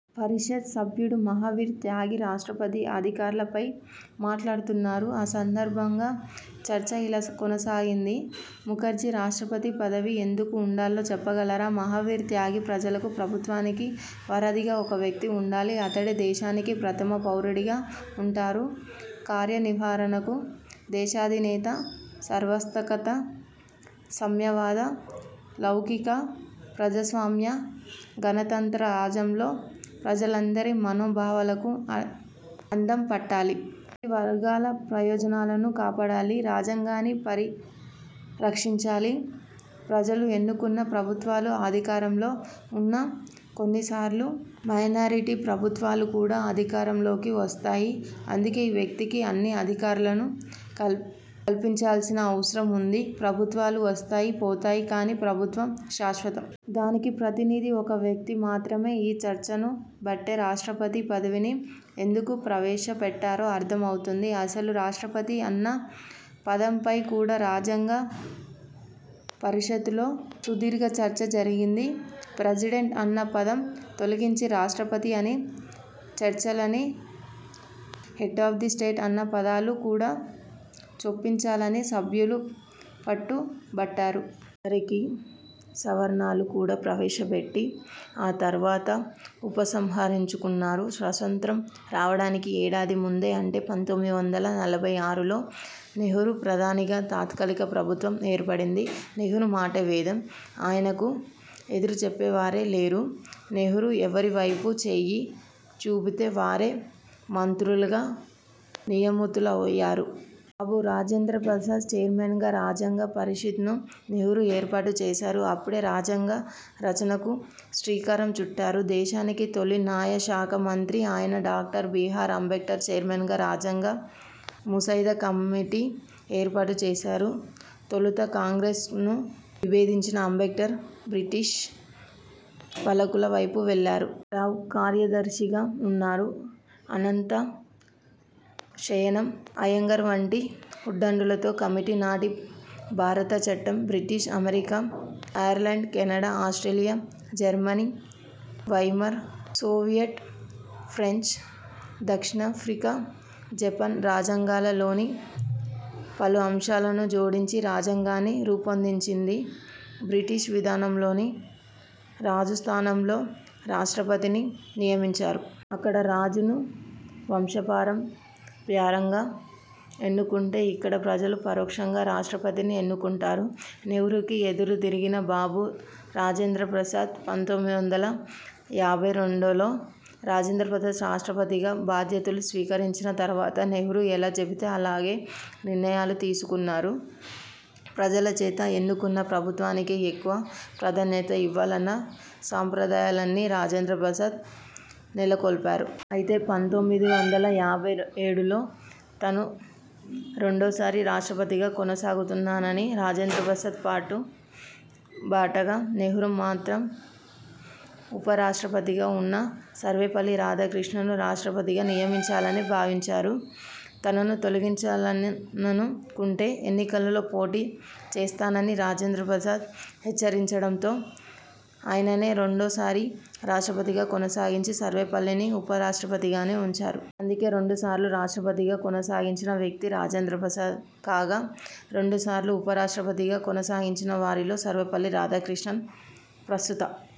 పరిషత్ సభ్యుడు మహావీర్ త్యాగి రాష్ట్రపతి అధికారాల పై మాట్లాడుతున్నారు, ఆ సందర్భంగా చర్చ ఇలా కొనసాగింది. ముఖర్జీ రాష్ట్రపతి పదవి ఎందుకు ఉండాలో చెప్పగలరా? మహావీర్ త్యాగి 'ప్రజలకు, ప్రభుత్వానికి వారధిగా ఒక వ్యక్తి ఉండాలి. అతడే దేశానికి ప్రథమ పౌరుడిగా ఉంటారు. కార్య నిర్వారనకు దేశాధినేత, సర్వసత్తక, సామ్యవాద, లౌకిక, ప్రజాస్వామ్య, గణతంత్ర రాజ్యంలో ప్రజలందరి మనో భావాలకు అద్దం పట్టాలి. అన్ని వర్గాల ప్రయోజనాలను కాపాడాలి. రాజ్యాంగాన్ని పరి రక్షించాలి. ప్రజలు ఎన్నుకున్న ప్రభుత్వాలు అధికారంలో ఉన్నా, కొన్ని సార్లు మైనారిటీ ప్రభుత్వాలు కూడా అధికారం లోకి వస్తాయి. అందుకే ఆ వ్యక్తికి అన్ని అధికారాలను కల్పించాల్సిన అవసరం ఉంది. ప్రభుత్వాలు వస్తాయి, పోతాయి. కానీ ప్రభుత్వం శాశ్వతం. దానికి ప్రతినిధి ఆ ఒక్క వ్యక్తి మాత్రమే ఈ చర్చను బట్టే రాష్ట్రపతి పదవిని ఎందుకు ప్రవేశ పెట్టారో అర్ధం అవుతుంది. అసలు రాష్ట్రపతి అన్న పదంపై కూడా రాజ్యాంగ పరిషత్లో సుదీర్ఘ చర్చ జరిగింది. ప్రెసిడెంట్ అన్న పదం తొలగించి రాష్ట్రపతి అని చె ర్చలని, హెడ్ ఆఫ్ ది స్టేట్ అన్న పదాలు కూడా చొప్పించాలని సభ్యులు పట్టు బట్టారు. చివరికి సవరణలు కూడా ప్రవేశ పెట్టి ఆ తర్వాత ఉపసంహరించుకున్నారు. స్వాతంత్య్రం రావడానికి ఏడాది ముందే, అంటే పంతొమ్మిది వందల నలభై ఆరులో నెహ్రూ ప్రధానిగా తాత్కాలిక ప్రభుత్వం ఏర్పడింది. నెహ్రూ మాటే వేదం. ఆయనకు ఎదురు చెప్పేవారే లేరు. నెహ్రూ ఎవరి వైపు చేయి చూపితే వారే మంత్రులుగా నియమితులయ్యారు. బాబూ రాజేంద్రప్రసాద్ చైర్మన్గా రాజ్యాంగ పరిషత్ను నెహ్రూ ఏర్పాటు చేశారు. అప్పుడే రాజ్యాంగ రచనకు శ్రీకారం చుట్టారు. దేశానికి తొలి నాయ శాఖ మంత్రి అయిన డాక్టర్ బీహార్ అంబేడ్కర్ చైర్మన్గా రాజ్యాంగ ముసాయిదా కమిటీ ఏర్పాటు చేశారు. తొలుత కాంగ్రె్సను విభేదించిన అంబేడ్కర్ బ్రిటిష్ పలకుల వైపు వెళ్లారు. రావు కార్యదర్శిగా ఉన్నారు. అనంత శయనం అయ్యంగార్ వంటి ఉద్ధండులతో కమిటీ నాటి భారత చట్టం, British, America, Ireland, Canada, Australia, Germany Weimar, Soviet, French, దక్షిణాఫ్రికా, జపాన్ రాజ్యాంగాల లోని పలు అంశాలను జోడించి రాజ్యాంగాన్ని రూపొందించింది. బ్రిటిష్ విధానంలోని రాజు స్థానంలో రాష్ట్రపతిని నియమించారు. అక్కడ రాజును వంశపారం ప్యారంగా ఎన్నుకుంటే ఇక్కడ ప్రజలు పరోక్షంగా రాష్ట్రపతిని ఎన్నుకుంటారు. నెహ్రూకి ఎదురు తిరిగిన బాబూ రాజేంద్రప్రసాద్ పంతొమ్మిది వందల యాభై రెండులో రాజేంద్ర ప్రసాద్ రాష్ట్రపతిగా బాధ్యతలు స్వీకరించిన తరువాత నెహ్రూ ఎలా చెబితే అలాగే నిర్ణయాలు తీసుకున్నారు. ప్రజల చేత ఎన్నుకున్న ప్రభుత్వానికే ఎక్కువ ప్రాధాన్యత ఇవ్వాలన్న సంప్రదాయాలన్ని రాజేంద్ర ప్రసాద్ నెల కొల్పారు. అయితే పంతొమ్మిది వందల యాభై ఏడులో తను రెండో సారి రాష్ట్రపతిగా కొనసాగుతున్నానని రాజేంద్రప్రసాద్ పాట్టు బా ట్టగా, నెహ్రూ మాత్రం ఉప రాష్ట్రపతిగా ఉన్న సర్వేపల్లి రాధాకృష్ణన్ను రాష్ట్రపతిగా నియమించాలని భావించారు. తనను తొలగించాలను ను కుంటే ఎన్నికల్లో పోటీ చేస్తానని రాజేంద్ర ప్రసాద్ హెచ్చరించడంతో ఆయననే రెండో సారి రాష్ట్రపతిగా కొనసాగించి, సర్వేపల్లిని ఉప రాష్ట్రపతిగానే ఉంచారు. అందుకే రెండు సార్లు రాష్ట్రపతి గా కొనసాగించిన వ్యక్తి రాజేంద్ర ప్రసాద్ కాగా, రెండు సార్లు ఉప రాష్ట్రపతిగా కొనసాగించిన వారిలో సర్వేపల్లి రాధాకృష్ణన్, ప్రస్తుత